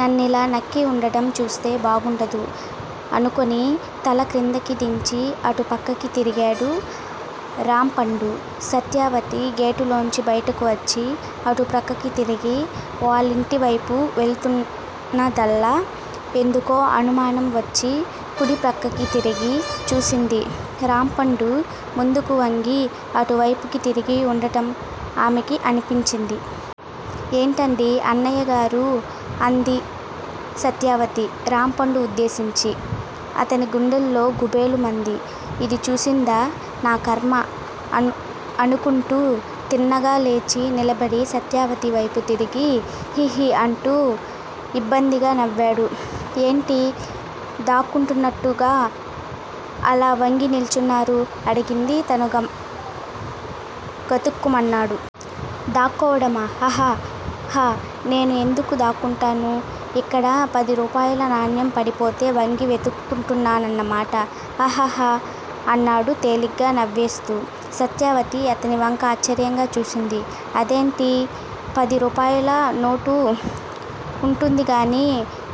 నన్నిలా నక్కి వుండటం చూస్తె బాగుండదు అనుకుని తల క్రిందకి దించి అటు ప్రక్కకి తిరిగాడు రాంపండు. సత్యవతి గేటులోంచి బయటకి వచ్చి అటుప్రక్కకి తిరిగి వాళ్ళింటివైపు వెళుతున్నదల్లా ఎందుకో అనుమానం వచ్చి కుడి ప్రక్కకి తిరిగి చూసింది. రామప్మ్డు ముందుకు వంగి అటు వైపుకి తిరిగి వుండడం ఆమెకి కనిపించింది. ఏటండీ అన్నయ్య గరూ అంది సత్యవతి రాంపండు ఉద్దేశించి. అతని గుండెల్లో గుభేల్ మంది. ఇది చూసిందా? నా ఖర్మ!! అనుకుంటూ తిన్నగా లేచి నిలబడి సత్యవతి వైపు తిరిగి హిహి అంటూ యిబ్బందిగా నవ్వాడు. ఏంటీ దాక్కుంటునట్టు అలా వంగి నిల్చున్నారు? అడిగింది. తను గతుక్కుమన్నాడు. 'దాక్కోడామా? హహహ నేను ఎందుకు దాక్కుంటాను ఇక్కడ పదిరూపాయల నాణెం పడిపోతే వంగి వెతుకుతున్నాన్నమాట. హహహ అన్నాడు తేలిగ్గా నవ్వేస్తూ. సత్యవతి అతనివంక ఆశ్చర్యంగా చూసింది. అదేంటి పది రూపాయల నోటు వుంటుందిగానీ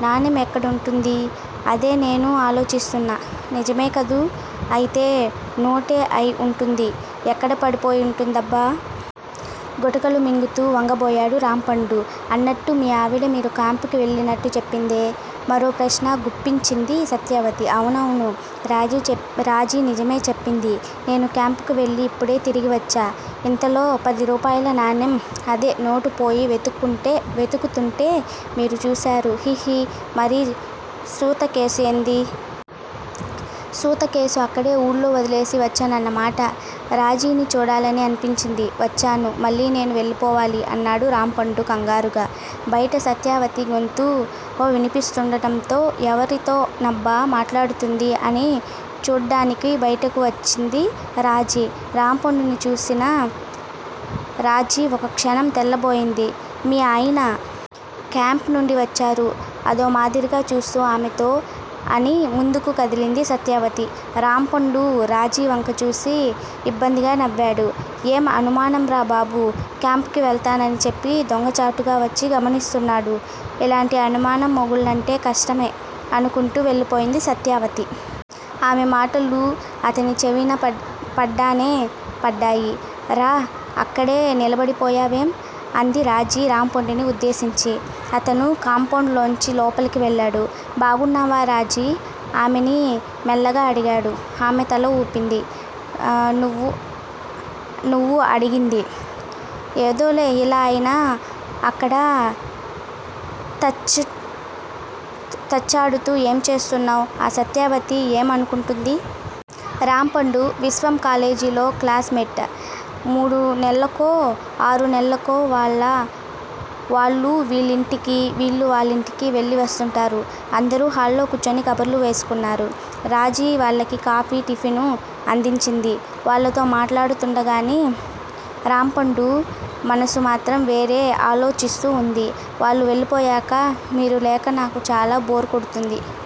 నాణెం ఎందుకుంటుందీ? అదే నేనూ ఆలోచిస్తున్నా నిజమే కదూ? అయితే నోటే అయి వుంటుంది ఎక్కడ పడిపోయి వుంటుందబ్బా? గుటకలు మింగుతూ వంగబోయాడు రాంపండు. అన్నట్టు మీ ఆవిడా మీరు క్యాంప్ కి వెళ్ళినట్టు చెప్పిందే? మరో ప్రశ్న గుప్పించింది సత్యవతి. అవునవును! రాజీ నిజమే చెప్పింది. నేను క్యాంప్ కి వెళ్ళి ఇప్పుడే తిరిగి వచ్చా ఇంతలో పది రూపాయల నాణెం అదే నోటు పోయి వెతుకుతుంటే మీరు చూశారు హిహి మరి సూత కేసు ఏది? సూత కేసు అక్కడే వూళ్ళో వదిలేసి వచ్చానాన్నమాట!! రాజీని చూడాలని అనిపించింది వచ్చాను మళ్ళీ నేను వెళ్ళిపోవాలి! అన్నాడు రాంపండు కంగారుగా. బయట సత్యవతి గొంతు వినిపిస్తూడడంతో ఎవరితోనబ్బా మాట్లాడుతుంది అని చూడ్డానికి బయటకి వచ్చింది రాజీ. రాంపండుని చూసిన రాజీ ఒక్కక్షణం తెల్లబోయింది. మీ ఆయన! క్యాంప్ నుండి వచ్చారు అదో మాదిరిగా చూస్తూ ఆమెతో అని ముందుకు కదిలింది సత్యవతి. రాంపండు రాజీ వంక చూసి యిబ్బందిగా నవ్వాడు. ఏం అనుమానంరా బాబూ! క్యాంప్ కి వెళతానని చెప్పి దొంగచాటుగా వచ్చి గనిస్తున్నాడు. ఇలాంటి అనుమానం మొగుళ్ళుంటే కష్టమే అనుకుంటూ వెళ్ళిపోయింది సత్యవతి. ఆమె మాటలు అతని చెవిన పడనే పడ్డాయి. రా అక్కడే నిలబడిపోయావేం? అంది రాజీ రాంపండుని ఉద్దేశించి. అతను కాంపౌండ్ లోంచి లోపలకి వెళ్ళాడు. బాగున్నావా రాజీ? ఆమెని మెల్లగా అడిగాడు. ఆమె తల వూపింది. నువ్వు? అడిగింది. ఏదోలే ఇలా అయినా అక్కడ తచ్చాడుతూ ఏం చేస్తున్నావ్ ఆ సత్యవతి ఏం అనుకుంటుంది? రాంపండూ, విశ్వం కాలేజీలో క్లాస్ మేట్స్. మూడు నేల్లకో, ఆర్నెల్లకో వాళ్ళు వీళ్ళింటికీ, వీళ్ళు వాళ్ళింటికీ వెళ్ళి వస్తుంటారు. అందరూ హలో కూర్చుని కబుర్లు వేసుకున్నారు. రాజీ వాళ్లకి కాఫీ, టిఫిను అందించింది. వాళ్ళతో మాట్లాడుతున్నాడేగానీ రాంపండు మనసు మాత్రం వేరే ఆలోచిస్తూ వుంది. వాళ్ళు వెళ్ళిపోయాక మీరు లేక నాకు చాలా బోర్ కొడ్తుంది.